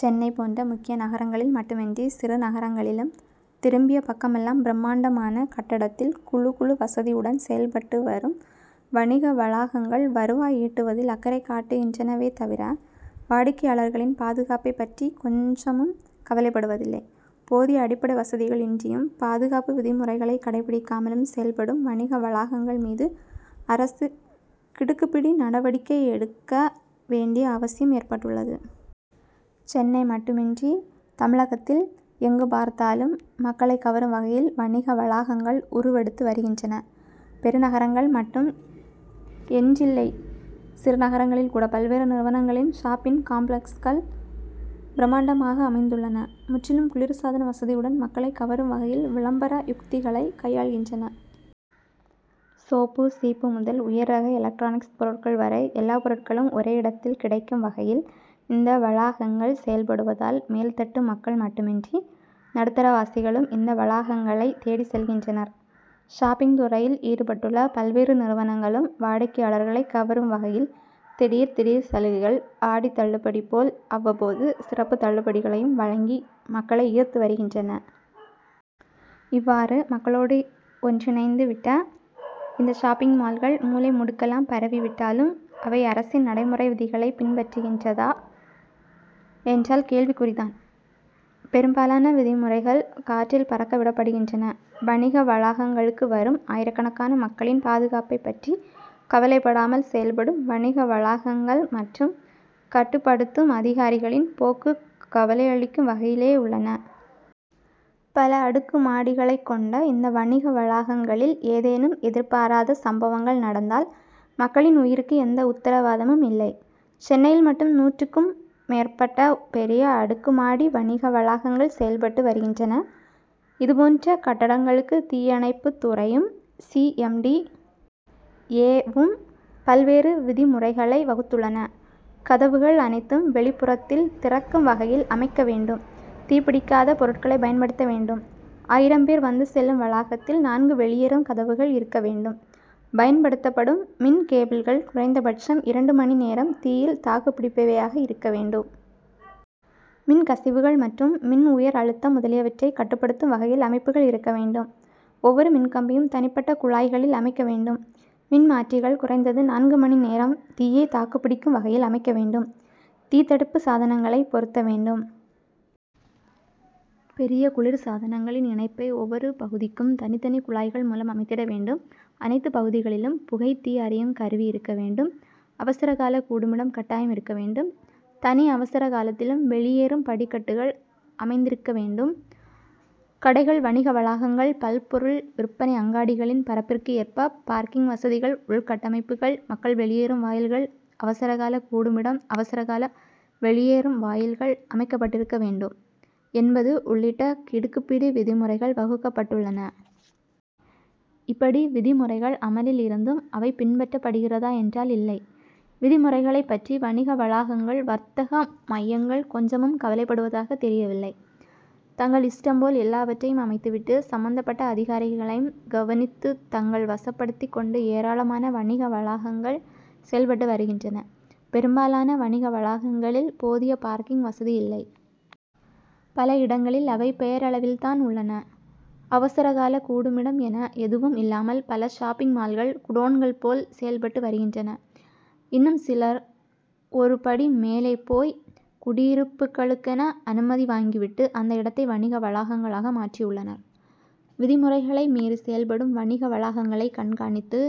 சென்னை போன்ற முக்கிய நகரங்களில் மட்டுமின்றி சிறு நகரங்களிலும் திரும்பிய பக்கமெல்லாம் பிரமாண்டமான கட்டடத்தில் குளு குளு வசதியுடன் செயல்பட்டு வரும் வணிக வளாகங்கள் வருவாய் ஈட்டுவதில் அக்கறை காட்டுகின்றவே தவிர வாடிக்கையாளர்களின் பாதுகாப்பைப் பற்றி கொஞ்சமும் கவலைப்படுவதில்லை. போதிய அடிப்படை வசதிகள் இன்றியும் பாதுகாப்பு விதிமுறைகளைக் கடைபிடிக்காமலும் செயல்படும் வணிக வளாகங்கள் மீது அரசு கிடுக்கிப்பிடி நடவடிக்கை எடுக்க வேண்டிய அவசியம் ஏற்பட்டுள்ளது. சென்னை மட்டுமின்றி தமிழகத்தில் எங்கு பார்த்தாலும் மக்களைக் கவரும் வகையில் வணிக வளாகங்கள் உருவெடுத்து வருகின்றன. பெருநகரங்கள் மட்டும் என்றில்லை சிறு நகரங்களில் கூட பல்வேறு நிறுவனங்களின் ஷாப்பிங் காம்ப்ளக்ஸ்கள் பிரமாண்டமாக அமைந்துள்ளன. முற்றிலும் குளிர் சாதன வசதியுடனும் மக்களைக் கவரும் வகையில் விளம்பர யுத்திகளையும் கையாள்கின்றன. சோப்பு சீப்பு முதல் உயர்ரக எலக்டிரானிக்ஸ் பொருட்கள் வரை எல்லா பொருட்களும் ஒரே இடத்தில் கிடைக்கும் வகையில் இந்த வளாகங்கள் செயல்படுவதால் மேல்தட்டு மக்கள் மட்டுமின்றி நடுத்தர வாசிகளும் இந்த வளாகங்களை தேடிச் செல்கின்றனர். ஷாப்பிங் துறையில் ஈடுபட்டுள்ள பல்வேறு நிறுவனங்களும் வாடிக்கையாளர்களை கவரும் வகையில் திடீர் திடீர் சலுகைகள் ஆடித் தள்ளுபடி போல் அவ்வப்போது சிறப்புத் தள்ளுபடிகளையும் வழங்கி மக்களை ஈர்த்து வருகின்றன. இவ்வாறு மக்களோடு ஒன்றிணைந்து விட்ட இந்த ஷாப்பிங் மால்கள் மூலை முடுக்கெல்லாம் பரவிவிட்டாலும் அவை அரசின் நடைமுறை விதிகளை பின்பற்றுகின்றதா என்றால் கேள்விக்குறிதான். பெரும்பாலான விதிமுறைகள் காற்றில் பறக்க விடப்படுகின்றன. வணிக வளாகங்களுக்கு வரும் ஆயிரக்கணக்கான மக்களின் பாதுகாப்பைப் பற்றி கவலைப்படாமல் செயல்படும் வணிக வளாகங்கள் மற்றும் கட்டுப்படுத்தும் அதிகாரிகளின் போக்கு கவலையளிக்கும் வகையிலேயே உள்ளன. பல அடுக்கு மாடிகளைக் கொண்ட இந்த வணிக வளாகங்களில் ஏதேனும் எதிர்பாராத சம்பவங்கள் நடந்தால் மக்களின் உயிருக்கு எந்த உத்தரவாதமும் இல்லை. சென்னையில் மட்டும் நூற்றுக்கும் மேற்பட்ட பெரிய அடுக்குமாடி வணிக வளாகங்கள் செயல்பட்டு வருகின்றன. இதுபோன்ற கட்டடங்களுக்கு தீயணைப்புத் துறையும் சி. எம். டி. ஏ.வும் பல்வேறு விதிமுறைகளை வகுத்துள்ளன. கதவுகள் அனைத்தும் வெளிப்புறத்தில் திறக்கும் வகையில் அமைக்க வேண்டும். தீப்பிடிக்காத பொருட்களை பயன்படுத்த வேண்டும். ஆயிரம் பேர் வந்து செல்லும் வளாகத்தில் நான்கு வெளியேறும் கதவுகள் இருக்க வேண்டும். பயன்படுத்தப்படும் மின் கேபிள்கள் குறைந்தபட்சம் இரண்டு மணி நேரம் தீயில் தாக்குப்பிடிப்பவையாக இருக்க வேண்டும். மின் கசிவுகள் மற்றும் மின் உயர் அழுத்தம் முதலியவற்றை கட்டுப்படுத்தும் வகையில் அமைப்புகள் இருக்க வேண்டும். ஒவ்வொரு மின் கம்பியும் தனிப்பட்ட குழாய்களில் அமைக்க வேண்டும். மின்மாற்றிகள் குறைந்தது நான்கு மணி நேரம் தீயை தாக்குப்பிடிக்கும் வகையில் அமைக்க வேண்டும். தீத்தடுப்பு சாதனங்களை பொருத்த வேண்டும். பெரிய குளிர் சாதனங்களின் இணைப்பை ஒவ்வொரு பகுதிக்கும் தனித்தனி குழாய்கள் மூலம் அமைத்திட வேண்டும். அனைத்து பகுதிகளிலும் புகை தீ அறியும் கருவி இருக்க வேண்டும். அவசர கால கூடுமிடம் கட்டாயம் இருக்க வேண்டும். தனி அவசர காலத்திலும் வெளியேறும் படிக்கட்டுக்கள் அமைந்திருக்க வேண்டும். கடைகள் வணிக வளாகங்கள் பல்பொருள் விற்பனை அங்காடிகளின் பரப்பிற்கு ஏற்ப பார்க்கிங் வசதிகள் உள் கட்டமைப்புகள் மக்கள் வெளியேறும் வாயில்கள் அவசர கால கூடுமிடம் அவசரகால வெளியேறும் வாயில்கள் அமைக்கப்பட்டிருக்க வேண்டும் என்பது உள்ளிட்ட கிடுக்கிப்பிடி விதிமுறைகள் வகுக்கப்பட்டுள்ளன. இப்படி விதிமுறைகள் அமலில் இருந்தும் அவை பின்பற்றப்படுகிறதா என்றால் இல்லை. விதிமுறைகளைப் பற்றி வணிக வளாகங்கள் வர்த்தக மையங்கள் கொஞ்சமும் கவலைப்படுவதாக தெரியவில்லை. தங்கள் இஷ்டம்போல் எல்லாவற்றையும் அமைத்துவிட்டு சம்பந்தப்பட்ட அதிகாரிகளையும் கவனித்து தங்கள் வசப்படுத்திக் கொண்டு ஏராளமான வணிக வளாகங்கள் செயல்பட்டு வருகின்றன. பெரும்பாலான வணிக வளாகங்களில் போதிய பார்க்கிங் வசதியில்லை. பல இடங்களில் அவை பெயரளவில்தான் உள்ளன. அவசர கால கூடுமிடம் என எதுவும் இல்லாமல் பல ஷாப்பிங் மால்கள் குடோன்கள் போல் செயல்பட்டு வருகின்றன. இன்னும் சிலர் ஒரு படி மேலே போய் குடியிருப்புக்களுக்கென அனுமதி வாங்கிவிட்டு அந்த இடத்தை வணிக வளாகங்களாக மாற்றியுள்ளனர். விதிமுறைகளை மீறி செயல்படும் வணிக வளாகங்களை கண்காணித்து